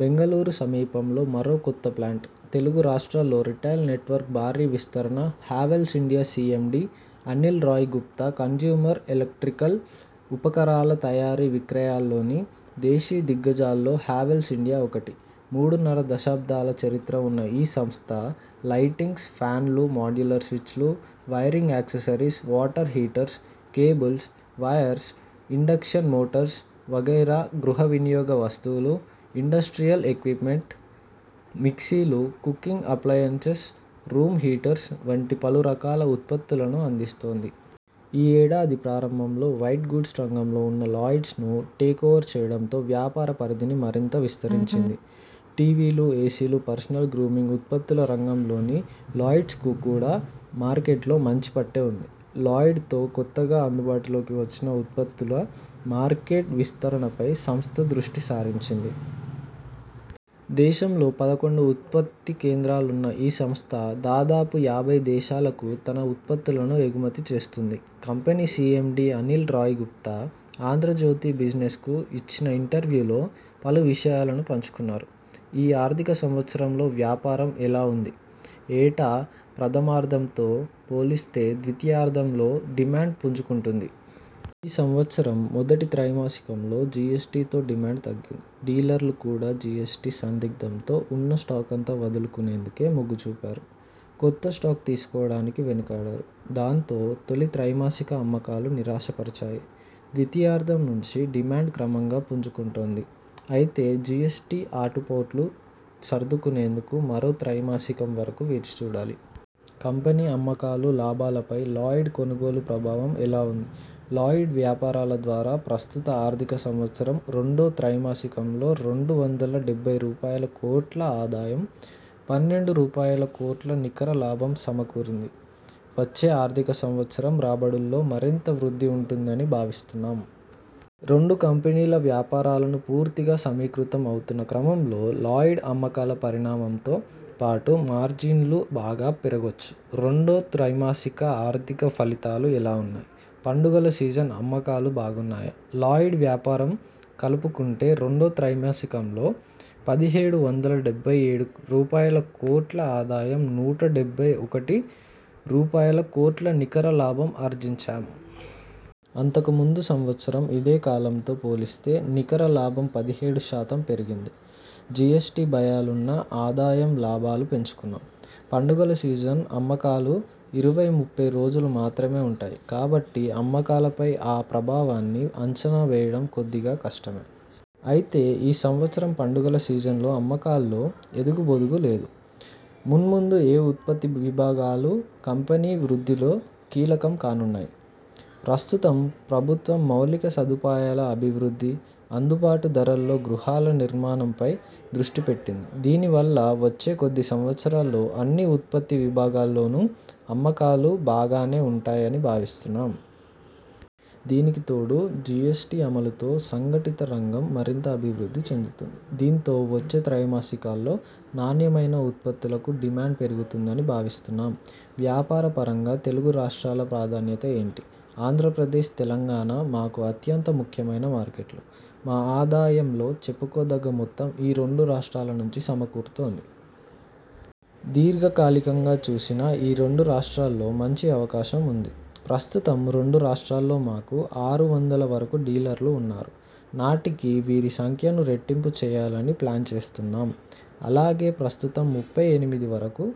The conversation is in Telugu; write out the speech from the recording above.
బెంగళూరు సమీపంలో మరో కొత్త ప్లాంట్ తెలుగు రాష్ట్రాల్లో రిటైల్ నెట్వర్క్ భారీ విస్తరణ Havells India CMD Anil Rai Gupta consumer electrical ఉపకరణాల తయారీ విక్రయాల్లోని దేశీ దిగ్గ జాల్లో హావెల్స్ ఇండియా ఒకటి. మూడున్నర దశాబ్దాల చరిత్ర ఉన్న ఈ సంస్థ లైటింగ్స్, ఫాన్లు, మోడ్యులర్ స్విచ్లు, wiring accessories, water heaters, cables, wires, induction motors వగైరా గృహ వినియోగ వస్తువులు, ఇండస్ట్రియల్ ఎక్వి్పమెంట్, మిక్సీలు, కుకింగ్ అప్లయెన్సెస్, రూమ్ హీటర్స్ వంటి పలు రకాల ఉత్పత్తులను అందిస్తోంది. ఈ ఏడాది ప్రారంభంలో వైట్ గూడ్స్ రంగంలో ఉన్న లాయిడ్స్ను టేకోవర్ చేయడంతో వ్యాపార పరిధిని మరింత విస్తరించింది. టీవీలు, ఏసీలు, పర్సనల్ గ్రూమింగ్ ఉత్పత్తుల రంగంలోని లాయిడ్స్కు కూడా మార్కెట్లో మంచి పట్టే ఉంది. లాయిడ్ తో కొత్తగా అందుబాటులోకి వచ్చిన ఉత్పత్తుల మార్కెట్ విస్తరణపై సంస్థ దృష్టి సారించింది. దేశంలో పదకొండు ఉత్పత్తి కేంద్రాలున్న ఈ సంస్థ దాదాపు యాభై దేశాలకు తన ఉత్పత్తులను ఎగమతి చేస్తోంది. కంపెనీ సిఎండి అనిల్ రాయ్ గుప్తా 'ఆంధ్రజ్యోతి బిజినె్స'కు ఇచ్చిన ఇంటర్వ్యూలో పలు విషయాలను పంచుకున్నారు. ఈ ఆర్థిక సంవత్సరంలో వ్యాపారం ఎలా ఉంది? ఏటా ప్రథమార్ధంతో పోలిస్తే ద్వితాయార్ధంలో డిమాండ్ పుంజు కుంటుంది. ఈ సంవత్సరం మొదటి త్రైమాసికంలో జీఎస్టీతో డిమాండ్ తగ్గింది. డీలర్లు కూడా జిఎ్సటి సందిగ్ధంతో ఉన్న స్టాకంతా వదిలించుకునేందుకే మొగ్గు చూపారు. కొత్త స్టాక్ తీసుకోవడానికి వెనుకాడారు. దాంతో తొలి త్రైమాసిక అమ్మకాలు నిరాశపరిచాయి ద్వితీయార్ధం నుంచి డిమాండ్ క్రమంగా పుంజు కుంటోంది. అయినా జిఎ్సటి ఆటు పోట్లు సర్దుకునేందుకు మరో త్రైమాసికం వరకు వేచి చూడాలి. కంపెనీ అమ్మకాలు, లాభాలపై 'లాయిడ్' కొనుగోలు ప్రభావం ఎలా ఉంది? లాయిడ్ వ్యాపారాల ద్వారా ప్రస్తుత ఆర్థిక సంవత్సరం రెండో త్రైమాసికంలో రెండు వందల డెబ్బై రూపాయల కోట్ల ఆదాయం, పన్నెండు రూపాయల కోట్ల నికర లాభం సమకూరింది. వచ్చే ఆర్థిక సంవత్సరం రాబడుల్లో మరింత వృద్ధి ఉంటుందని భావిస్తున్నాం. రెండు కంపెనీల వ్యాపారాలను పూర్తిగా సమీకృతం అవుతున్న క్రమంలో లాయిడ్ అమ్మకాల పరిణామంతో పాటు మార్జిన్లు బాగా పెరగొచ్చు. రెండో త్రైమాసిక ఆర్థిక ఫలితాలు ఎలా ఉన్నాయి? పండగల సీజన్ అమ్మకాలు బాగున్నాయా? లాయిడ్ వ్యాపారం కలుపుకుంటే రెండో త్రైమాసికంలో పదిహేడు వందల డెబ్బై ఏడు రూపాయలుకోట్ల ఆదాయంపై నూట డెబ్బై ఒకటి రూపాయల కోట్ల నికర లాభం ఆర్జించాం. అంతకు ముందు సంవత్సరం ఇదే కాలంతో పోలిస్తే నికర లాభం పదిహేడు శాతం పెరిగింది. జిఎ్సటి భయాలున్నా ఆదాయం, లాభాలు పెంచుకున్నాం. పండగల సీజన్ అమ్మకాలు ఇరవై ముప్పై రోజులు మాత్రమే ఉంటాయి. కాబట్టి అమ్మకాల పై ఆ ప్రభావాన్ని అంచనా వేయడం కొద్దిగా కష్టమే. అయితే ఈ సంవత్సరం పండగల సీజన్లో అమ్మకాల్లో ఎదుగూ బొదుగు లేదు. మున్ముందు ఏ ఉత్పత్తి విభాగాలు కంపెనీ వృద్ధిలో కీలకం కానున్నాయి? ప్రస్తుతం ప్రభుత్వం మౌలిక సదుపాయాల అభివృద్ధి, అందుబాటు ధరల్లో గృహాల నిర్మాణంపై దృష్టి పెట్టింది. దీనివల్ల వచ్చే కొద్ది సంవత్సరాల్లో అన్ని ఉత్పత్తి విభాగాల్లోనూ అమ్మకాలు బాగానే ఉంటాయని భావిస్తున్నాం. దీనికి తోడు జిఎ్సటి అమలుతో సంఘటిత రంగం మరింత అభివృద్ధి చెందుతుంది. దీంతో వచ్చే త్రైమాసికాల్లో నాణ్యమైన ఉత్పత్తులకు డిమాండ్ పెరుగుతుందని భావిస్తున్నాం. వ్యాపారపరంగా తెలుగు రాష్ట్రాల ప్రాధాన్యత ఏంటి? ఆంధ్రప్రదేశ్, తెలంగాణ మాకు అత్యంత ముఖ్యమైన మార్కెట్లు. మా ఆదాయంలో చెప్పుకోదగ్గ మొత్తం ఈ రెండు రాష్ట్రాల నుంచి సమకూరుతోంది. దీర్ఘ కాలికంగా చూసినా, ఈ రెండు రాష్ట్రాల్లో మంచి అవకాశం ఉంది. ప్రస్తుతం రెండు రాష్ట్రాల్లో మాకు ఆరు వందల వరకు డీలర్లు ఉన్నారు. నాటికి వీరి సంఖ్యను రెట్టింపు చేయాలని ప్లాన్ చేస్తున్నాం. అలాగే ప్రస్తుతం ముప్పై ఎనిమిది వరకు